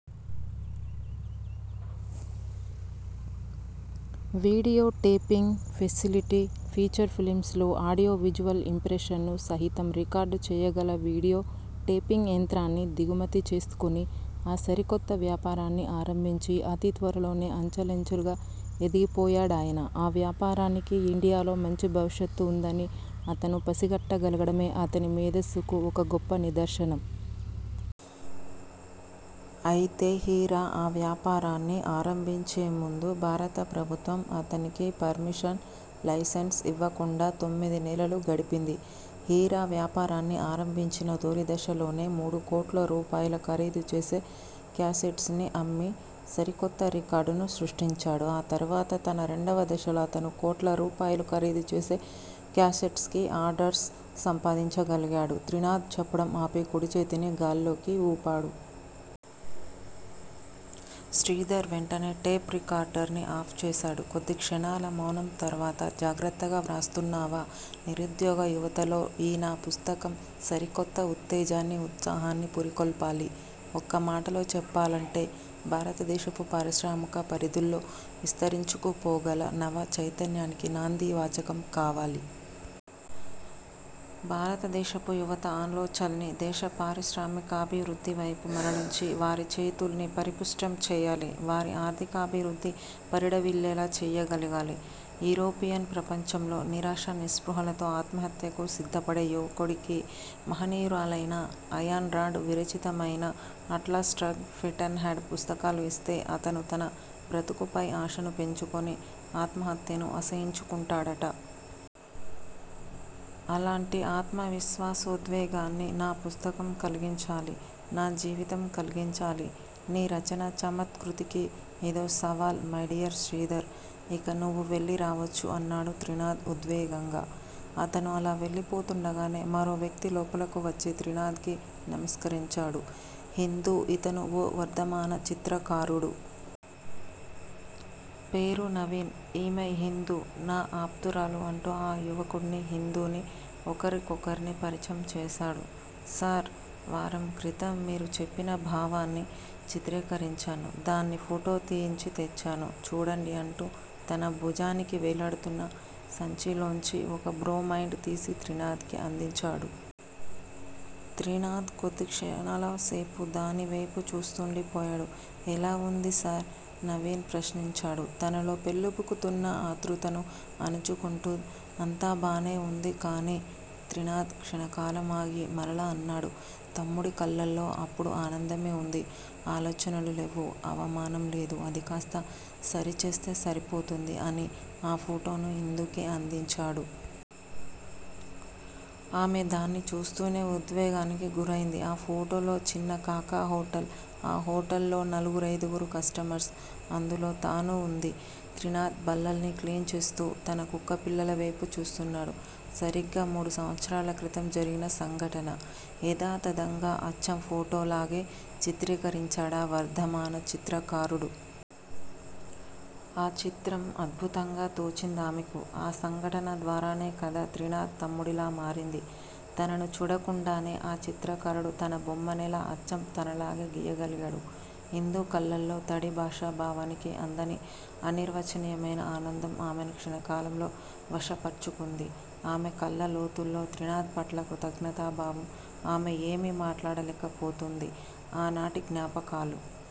Video taping facility- feature films లో audio visual impressions ను సయితం రికార్డు చేయగల వీడియో టేపింగ్ యంత్రాన్ని దిగుమతి చేసుకుని ఆ సరికొత్త వ్యాపారాన్ని ఆరంభించి అతి త్వరలోనే అంచలంచెలుగా ఎదిగిపోయాడాయన. ఆ వ్యాపారానికి ఇండియాలో మంచి భవిష్యత్ వుందని అతను పసిగట్టగలగడమే అతని మేధస్సుకు ఒక గొప్ప నిదర్శనం. అయితే హీరా ఆ వ్యాపారాన్ని ఆరంభించేముందు భారత ప్రభుత్వం అతనికి పర్మిషన్, లైసెన్స్ ఇవ్వకుండా తొమ్మిది నెలలు గడిపింది. హీరా వ్యాపారాన్ని ఆరంభించిన తొలి దశలోనే మూడుకోట్లు రూపాయల ఖరీదుచేసే క్యాసెట్స్ ని అమ్మి సరికొత్త రికార్డును సృష్టించాడు. ఆ తరువాత తన రెండవ దశలో అతను కోట్లు రూపాయలు ఖరీదు చేసే క్యాసెట్స్ కి ఆర్డర్స్ సంపాదించగలిగాడు త్రినాధ్ చెప్పడం ఆపి, కుడిచేతిని గాల్లోకి వూపాడు. శ్రీధర్ వెంటనే టేప్ రికార్డర్ ని ఆఫ్ చేశాడు. కొద్దిక్షణాల మౌనం తరువాత జాగ్రత్తగా వ్రాస్తున్నావా? నిరుద్యోగ యువతలో ఈ నా పుస్తకం సరికొత్త ఉత్తేజాన్ని, ఉత్సాహాన్ని పురికొల్పాలి. ఒక్క మాటలో చెప్పాలంటే- భారతదేశపు పారిశ్రామిక పరిధుల్లో విస్తరించుకుపోగల నవ చైతన్యానికి నాందీ వాచకం కావాలి. భారతదేశపు యువత ఆలోచనల్ని దేశ పారిశ్రామికాభివృద్ది వైపు మరలించి, వారిచేతుల్ని పరిపుష్టం చేయాలి. వారి ఆర్ధికాభివృద్ధి పరిఢవిల్లేలా చేయగలగాలి. యూరోపియన్ ప్రపంచంలో నిరాశా, నిస్పృహలతో ఆత్మహత్యకు సిద్ధపడే యువకుడికి మహనీయురాలైన అయాన్ రాండ్ విరచితమైన 'అట్లాస్ ష్రగ్డ్', 'ఫింటెన్ హెడ్' పుస్తకాలు ఇస్తే అతను తన బ్రతుకుపై ఆశను పెంచుకుని ఆత్మహత్యను అసహ్యించుకుంటాడట. అలాంటి ఆత్మవిశ్వాసోద్వేగాన్ని నా పుస్తకం కలిగించాలి- నా జీవితం కలిగించాలి. నీ రచనా చమత్కృతికి ఇదో సవాల్ మైడియర్ శ్రీధర్. ఇక నువ్వు వెళ్ళి రావచ్చు అన్నాడు త్రినాధ్ ఉద్వేగంగా. అతను అలా వెళ్ళిపోతుండగానే మరో వ్యక్తి లోపలకు వచ్చి త్రినాధ్ కి నమస్కరించాడు. హిందూ ఇతను ఓ వర్ధమాన చిత్రకారుడు. పేరు నవీన్. ఈమె హిందూ, నా ఆప్తురాలు అంటూ ఆ యువకుడ్ని, హిందూని ఒకరికొకర్ని పరిచయం చేసాడు. సార్! వారం క్రితం మీరు చెప్పిన భావాన్ని చిత్రీకరించాను. దాన్ని ఫోటో తీయించి తెచ్చాను. చూడండి అంటూ తన భుజానికి వేలాడుతున్న సంచిలోంచి ఒక బ్రొమైండ్ తీసి త్రినాధ్ కి అందించాడు. త్రినాధ్ కొద్దిక్షణాలసేపు దానివేపు చూస్తుండిపోయాడు. ఎలా వుంది సార్? నవీన్ ప్రశ్నించాడు. తనలో పెల్లుబుకుతున్న ఆతృతను అణుచుకుంటూ- అంతా బానే వుంది కాని త్రినాధ్ క్షణకాలం ఆగి మరలా అన్నాడు తిమ్మడి కళ్ళలో అప్పుడు ఆనందమే వుంది. ఆలోచనలు లేవు, అవమానం లేదు. అదికాస్తా సరిచేస్తే సరిపోతుంది అని, ఆ ఫోటోను హిందూకి అందించాడు. ఆమె దాన్ని చూస్తూనే ఉద్వేగానికి గురయింది. ఆ ఫోటోలో చిన్న కాకా హోటల్ ఆ హోటల్ లో నలుగురైదుగురు కస్టమర్స్, అందులో తనూ వుంది. త్రినాధ్ బల్లల్ని క్లీన్ చేస్తూ తన కుక్కపిల్లవేపు చూస్తున్నాడు. సరిగ్గా మూడు సంవత్సరాల క్రితం జరిగిన సంఘటన యథాతథంగా అచ్చం ఫోటోలాగే చిత్రీకరించాడా వర్ధమాన చిత్రకారుడు. ఆ చిత్రం అద్భుతంగా తోచిందామెకు. ఆ సంఘటన ద్వారానే కదా త్రినాధ్ తిమ్మడిలా మారింది! తనను చూడకుండానే ఆ చిత్రకారుడు తన బొమ్మనెలా అచ్చం తనలాగే గీయగలిగాడు! హిందూ కళ్ళలో తడి. భాష, భావానికి అందని అనిర్వచనీయమైన ఆనందం ఆమెను క్షణకాలంలో వశపర్చుకుంది. ఆమె కళ్ళ లోతుల్లో త్రినాధ్ పట్ల కృతజ్ఞతా భావం. ఆమె ఏమీ మాట్లాడలేకపోతోంది. ఆనాటి జ్ఞాపకాలు